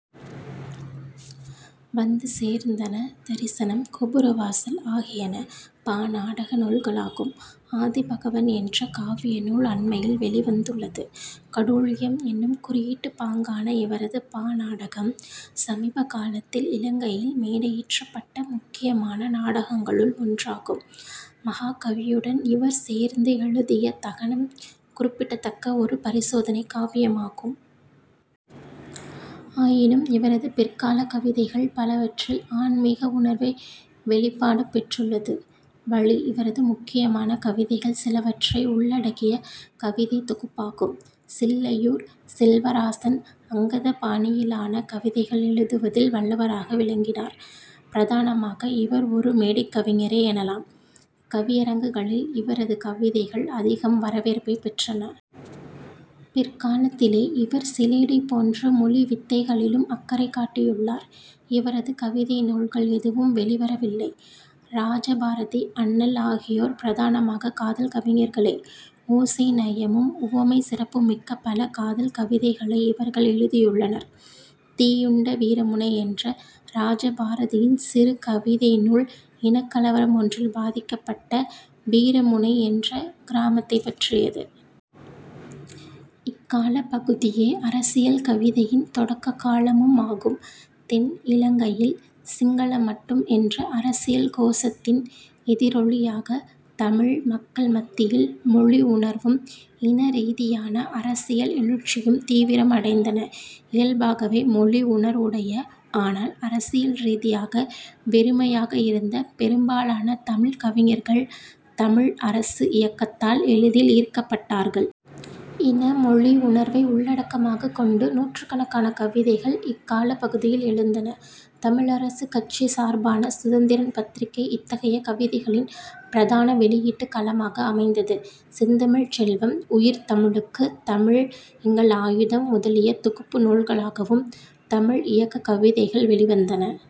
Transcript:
வந்து சேர்ந்தன-தரிசனம், கோபுரவாசல் ஆகியன பாநாடக நூல்களாகும். ஆதிபகவன் என்ற காவிய நூல் அண்மையில் வௌிவந்துள்ளது. கடூழியம் என்னும் குறியீட்டுப் பாங்கான இவரது பாநாடகம் சமீபகாலத்தில் இலங்கையில் மேடையேற்றப்பட்ட முக்கியமான நாடகங்களுள் ஒன்றாகும். மஹாகவியுடன் இவர் சேர்ந்து எழுதிய 'தகனம்' குறிப்பிட்டத்தக்க ஒரு பரிசோதனைக் காவியமாகும். ஆயினும் இவரது பிற்காலக் கவிதைகள் பலவற்றில் ஆன்மீக உணர்வே வௌிப்பாடு பெற்றுள்ளது. 'வழி' இவரது முக்கியமான கவிதைகள் சிலவற்றை உள்ளடக்கிய கவிதைத் தொகுப்பாகும். சில்லையூர் செல்வராசன் அங்கதப் பாணியிலான கவிதைகள் எழுதுவதில் வல்லவராக விளங்கினார். பிரதானமாக இவர் ஒரு மேடைக்கவிஞரே எனலாம். கவியரங்குகளில் இவரது கவிதைகள் அதிகம் வரவேற்பைப் பெற்றன. பிற்காலத்திலே இவர் சிலேடை போன்ற மொழி வித்தைகளிலும் அக்கறை காட்டியுள்ளார். இவரது கவிதை நூல்கள் எதுவும் வௌிவரவில்லை. இராஜ பாரதி, அண்ணல் ஆகியோர் பிரதானமாகக் காதல் கவிஞர்களே. ஓசைநயமும் உவமைச் சிறப்புமிக்க பல காதல் கவிதைகளை இவர்கள் எழுதியுள்ளனர். தீயுண்ட வீரமுனை என்ற இராஜ பாரதியின் சிறு கவிதை நூல் இனக்கலவரம் ஒன்றில் பாதிக்கப்பட்ட வீரமுனை என்ற கிராமத்தைப் பற்றியது. இக்காலப் பகுதியே அரசியல் கவிதையின் தொடக்க காலமும் ஆகும். தென் இலங்கையில் சிங்களம் மட்டும் என்ற அரசியல் கோசத்தின் எதிரொலியாக தமிழ் மக்கள் மத்தியில் மொழி உணர்வும் இனரீதியான அரசியல் எழுச்சியும் தீவிரம் அடைந்தன. இயல்பாகவே மொழி உணர்வுடைய, ஆனால் அரசியல் ரீதியாக வெறுமையாக இருந்த பெரும்பாலான தமிழ்க் கவிஞர்கள் 'தமிழ் அரசு' இயக்கத்தால் எளிதில் ஈர்க்கப்பட்டார்கள். இன, மொழி உணர்வை உள்ளடக்கமாகக் கொண்டு நூற்றுக்கணக்கான கவிதைகள் இக்காலப் பகுதியில் எழுந்தன. தமிழரசுக்கட்சி சார்பான சுதந்திரன் பத்திரிகை இத்தகைய கவிதைகளின் பிரதான வௌியீட்டுக் களமாக அமைந்தது. செந்தமிழ்ச் செல்வம், உயிர்தமிழுக்கு, தமிழ் எங்கள் ஆயுதம் முதலிய தொகுப்பு நூல்களாகவும் தமிழ் இயக்கக் கவிதைகள் வௌிவந்தன.